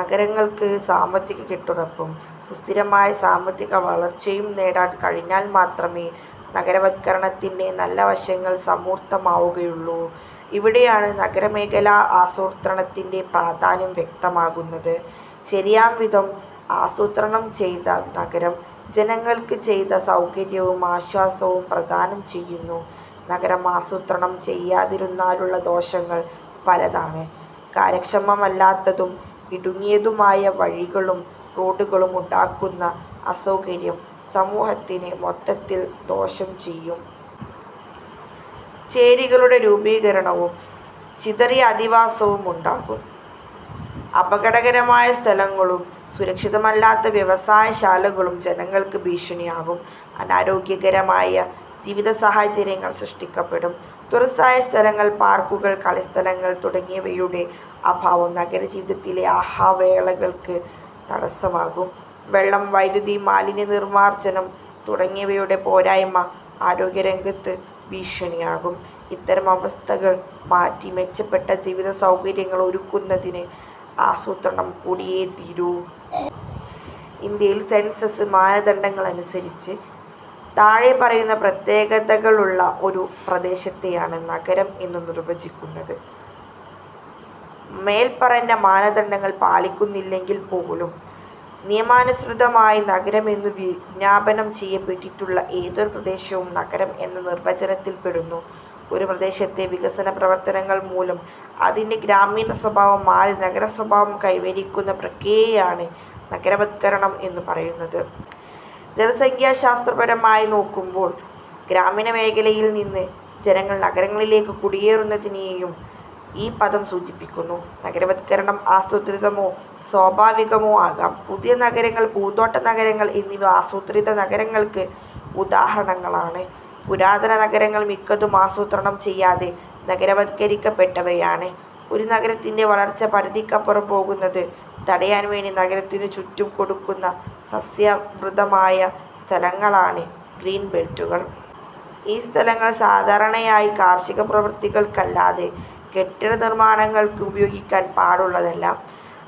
നഗരങ്ങൾക്ക് സാമ്പത്തിക കെട്ടുറപ്പും സുസ്ഥിരമായ സാമ്പത്തികവളർച്ചയും നേടാൻ കഴിഞ്ഞാൽ മാത്രമേ നഗരവത്കരണത്തിന്റെ നല്ല വശങ്ങൾ സമൂർത്തമാവുകയുള്ളൂ. ഇവിടെയാണ് നഗരമേഖലാ ആസൂത്രണത്തിന്റെ പ്രാധാന്യം വ്യക്തമാകുന്നത്. ശരിയാംവിധം ആസൂത്രണം ചെയ്ത നഗരം ജനങ്ങൾക്ക് കൂടുതൽ സൗകര്യവും ആശ്വാസവും പ്രദാനം ചെയ്യുന്നു. നഗരം ആസൂത്രണം ചെയ്യാതിരുന്നാലുള്ള ദോഷങ്ങൾ പലതാണ്. കാര്യക്ഷമമല്ലാത്തതും ഇടുങ്ങിയതുമായ വഴികളും റോഡുകളും ഉണ്ടാക്കുന്ന അസൗകര്യം സമൂഹത്തിന് മൊത്തത്തിൽ ദോഷം ചെയ്യും. ചേരികളുടെ രൂപീകരണവും ചിതറിയ അധിവാസവും ഉണ്ടാകും. അപകടകരമായ സ്ഥലങ്ങളും സുരക്ഷിതമല്ലാത്ത വ്യവസായശാലകളും ജനങ്ങൾക്ക് ഭീഷണിയാകും. അനാരോഗ്യകരമായ ജീവിതസാഹചര്യങ്ങൾ സൃഷ്ടിക്കപ്പെടും. തുറസ്സായ സ്ഥലങ്ങൾ, പാർക്കുകൾ, കളിസ്ഥലങ്ങൾ തുടങ്ങിയവയുടെ അഭാവം നഗരജീവിതത്തിലെ ആഹ്ലാവേളകൾക്ക് തടസ്സമാകും. വെള്ളം, വൈദ്യുതി, മാലിന്യനിർമാർജ്ജനം തുടങ്ങിയവയുടെ പോരായ്മ ആരോഗ്യരംഗത്ത് ഭീഷണിയാകും. ഇത്തരം അവസ്ഥകൾ മാറ്റി മെച്ചപ്പെട്ട ജീവിതസൗകര്യങ്ങൾ ഒരുക്കുന്നതിന് ആസൂത്രണം കൂടിയേ തീരൂ. ഇന്ത്യയിൽ സെൻസസ് മാനദണ്ഡങ്ങളനുസരിച്ച് താഴെ പറയുന്ന പ്രത്യേകതകളുള്ള ഒരു പ്രദേശത്തെയാണ് നഗരം എന്നു നിർവചിക്കുന്നത്. മേല്പറഞ്ഞ മാനദണ്ഡങ്ങൾ പാലിക്കുന്നില്ലെങ്കിൽപ്പോലും നിയമാനുസൃതമായി നഗരം എന്നു വിജ്ഞാപനം ചെയ്യപ്പെട്ടിട്ടുള്ള ഏതൊരു പ്രദേശവും നഗരം എന്ന നിർവചനത്തിൽപ്പെടുന്നു. ഒരു പ്രദേശത്തെ വികസനപ്രവർത്തനങ്ങൾമൂലം അതിന്റെ ഗ്രാമീണസ്വഭാവം മാറി നഗരസ്വഭാവം കൈവരിക്കുന്ന പ്രക്രിയയെയാണ് നഗരവത്കരണം എന്നു പറയുന്നത്. ജനസംഖ്യാശാസ്ത്രപരമായി നോക്കുമ്പോൾ ഗ്രാമീണമേഖലയിൽ നിന്ന് ജനങ്ങൾ നഗരങ്ങളിലേക്ക് കുടിയേറുന്നതിനെയും ഈ പദം സൂചിപ്പിക്കുന്നു. നഗരവത്കരണം ആസൂത്രിതമോ സ്വാഭാവികമോ ആകാം. പുതിയ നഗരങ്ങൾ, പൂന്തോട്ട നഗരങ്ങൾ എന്നിവ ആസൂത്രിത നഗരങ്ങൾക്ക് ഉദാഹരണങ്ങളാണ്. പുരാതന നഗരങ്ങൾ മിക്കതും ആസൂത്രണം ചെയ്യാതെ നഗരവത്കരിക്കപ്പെട്ടവയാണ്. ഒരു നഗരത്തിന്റെ വളർച്ച പരിധിക്കപ്പുറം പോകുന്നത് തടയാൻവേണ്ടി നഗരത്തിനു ചുറ്റും കൊടുക്കുന്ന സസ്യാവൃതമായ സ്ഥലങ്ങളാണ് ഗ്രീൻ ബെൽറ്റുകൾ. ഈ സ്ഥലങ്ങൾ സാധാരണയായി കാർഷികപ്രവൃത്തികൾക്കല്ലാതെ കെട്ടിട നിർമ്മാണങ്ങൾക്ക് ഉപയോഗിക്കാൻ പാടുള്ളതല്ല.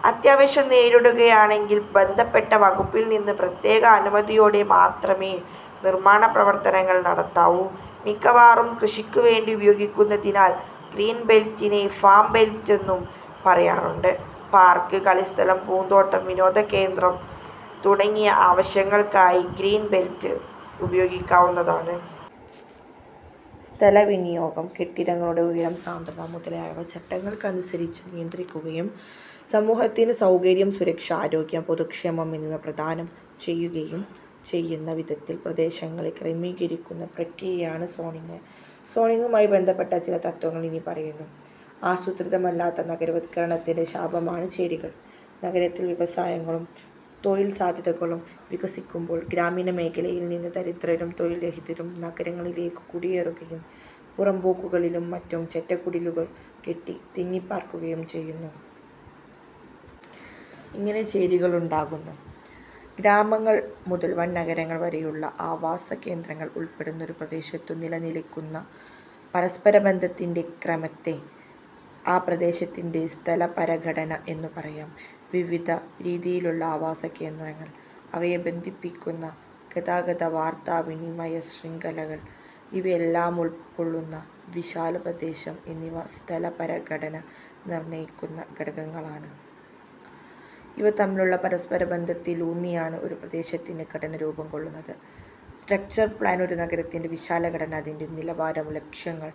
അത്യാവശ്യം നേരിടുകയാണെങ്കിൽ ബന്ധപ്പെട്ട വകുപ്പിൽനിന്ന് പ്രത്യേക അനുമതിയോടെ മാത്രമേ നിർമ്മാണപ്രവർത്തനങ്ങൾ നടത്താവൂ. മിക്കവാറും കൃഷിക്കുവേണ്ടി ഉപയോഗിക്കുന്നതിനാൽ ഗ്രീൻ ബെൽറ്റിനെ ഫാം ബെൽറ്റ് എന്നും പറയാറുണ്ട്. പാർക്ക്, കളിസ്ഥലം, പൂന്തോട്ടം, വിനോദകേന്ദ്രം തുടങ്ങിയ ആവശ്യങ്ങൾക്കായി ഗ്രീൻ ബെൽറ്റ് ഉപയോഗിക്കാവുന്നതാണ്. സ്ഥലവിനിയോഗം, കെട്ടിടങ്ങളുടെ ഉയരം, സാന്ദ്രത മുതലായവ ചട്ടങ്ങൾക്കനുസരിച്ച് നിയന്ത്രിക്കുകയും സമൂഹത്തിന് സൌകര്യം, സുരക്ഷ, ആരോഗ്യം, പൊതുക്ഷേമം എന്നിവ പ്രദാനം ചെയ്യുകയും ചെയ്യുന്ന വിധത്തിൽ പ്രദേശങ്ങളെ ക്രമീകരിക്കുന്ന പ്രക്രിയയാണ് സോണിങ്. സോണിങ്ങുമായി ബന്ധപ്പെട്ട ചില തത്ത്വങ്ങൾ ഇനി പറയുന്നു. ആസൂത്രിതമല്ലാത്ത നഗരവത്കരണത്തിന്റെ ശാപമാണ് ചേരികൾ. നഗരത്തിൽ വ്യവസായങ്ങളും തൊഴിൽസാധ്യതകളും വികസിക്കുമ്പോൾ ഗ്രാമീണമേഖലയിൽനിന്ന് ദരിദ്രരും തൊഴിൽരഹിതരും നഗരങ്ങളിലേക്കു കുടിയേറുകയും പുറമ്പോക്കുകളിലും മറ്റും ചെറ്റക്കുടിലുകൾ കെട്ടി തിങ്ങിപ്പാർക്കുകയും ചെയ്യുന്നു. ഇങ്ങനെ ചേരികളുണ്ടാകുന്നു. ഗ്രാമങ്ങൾ മുതൽ വൻനഗരങ്ങൾ വരെയുള്ള ആവാസകേന്ദ്രങ്ങൾ ഉൾപ്പെടുന്ന ഒരു പ്രദേശത്തു നിലനില്ക്കുന്ന പരസ്പരബന്ധത്തിന്റെ ക്രമത്തെ ആ പ്രദേശത്തിന്റെ സ്ഥലപരഘടന എന്നു പറയാം. വിവിധ രീതിയിലുള്ള ആവാസകേന്ദ്രങ്ങൾ, അവയെ ബന്ധിപ്പിക്കുന്ന ഗതാഗത വാർത്താവിനിമയ ശൃംഖലകൾ, ഇവയെല്ലാമുൾക്കൊള്ളുന്ന വിശാല പ്രദേശം എന്നിവ സ്ഥലപരഘടന നിർണയിക്കുന്ന ഘടകങ്ങളാണ്. ഇവ തമ്മിലുള്ള പരസ്പരബന്ധത്തിലൂന്നിയാണ് ഒരു പ്രദേശത്തിന്റെ ഘടന രൂപംകൊള്ളുന്നത്. സ്ട്രക്ചർ പ്ലാൻ ഒരു നഗരത്തിന്റെ വിശാലഘടന, അതിന്റെ നിലവാരം, ലക്ഷ്യങ്ങൾ,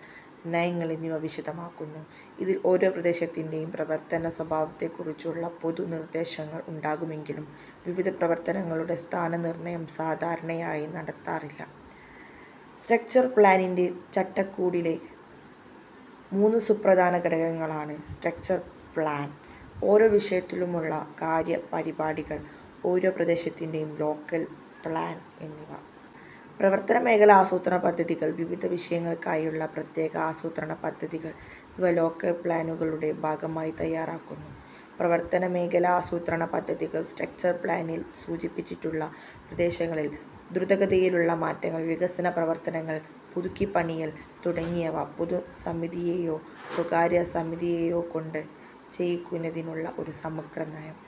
നയങ്ങൾ എന്നിവ വിശദമാക്കുന്നു. ഇതിൽ ഓരോ പ്രദേശത്തിന്റെയും പ്രവർത്തന സ്വഭാവത്തെക്കുറിച്ചുള്ള പൊതു നിർദ്ദേശങ്ങൾ ഉണ്ടാകുമെങ്കിലും വിവിധ പ്രവർത്തനങ്ങളുടെ സ്ഥാന നിർണയം സാധാരണയായി നടത്താറില്ല. സ്ട്രക്ചർ പ്ളാനിന്റെ ചട്ടകൂടിലെ മൂന്ന് സുപ്രധാന ഘടകങ്ങളാണ്: സ്ട്രക്ചർ പ്ളാൻ, ഓരോ വിഷയത്തിലുമുള്ള കാര്യപരിപാടികൾ, ഓരോ പ്രദേശത്തിന്റെയും ലോക്കൽ പ്ളാൻ എന്നിവ. പ്രവർത്തനമേഖലാ ആസൂത്രണ പദ്ധതികൾ, വിവിധ വിഷയങ്ങൾക്കായുള്ള പ്രത്യേക ആസൂത്രണപദ്ധതികൾ ഇവ ലോക്കൽപ്ളാനുകളുടെ ഭാഗമായി തയ്യാറാക്കുന്നു. പ്രവർത്തനമേഖലാ ആസൂത്രണപദ്ധതികൾ, സ്ട്രക്ചർ പ്ലാനിൽ സൂചിപ്പിച്ചിട്ടുള്ള പ്രദേശങ്ങളിൽ ദ്രുതഗതിയിലുള്ള മാറ്റങ്ങൾ, വികസന പ്രവർത്തനങ്ങൾ, പുതുക്കിപ്പണിയൽ തുടങ്ങിയവ പൊതുസമിതിയെയോ സ്വകാര്യ സമിതിയെയോകൊണ്ട് ചെയ്യിക്കുന്നതിനുള്ള ഒരു സമഗ്ര നയം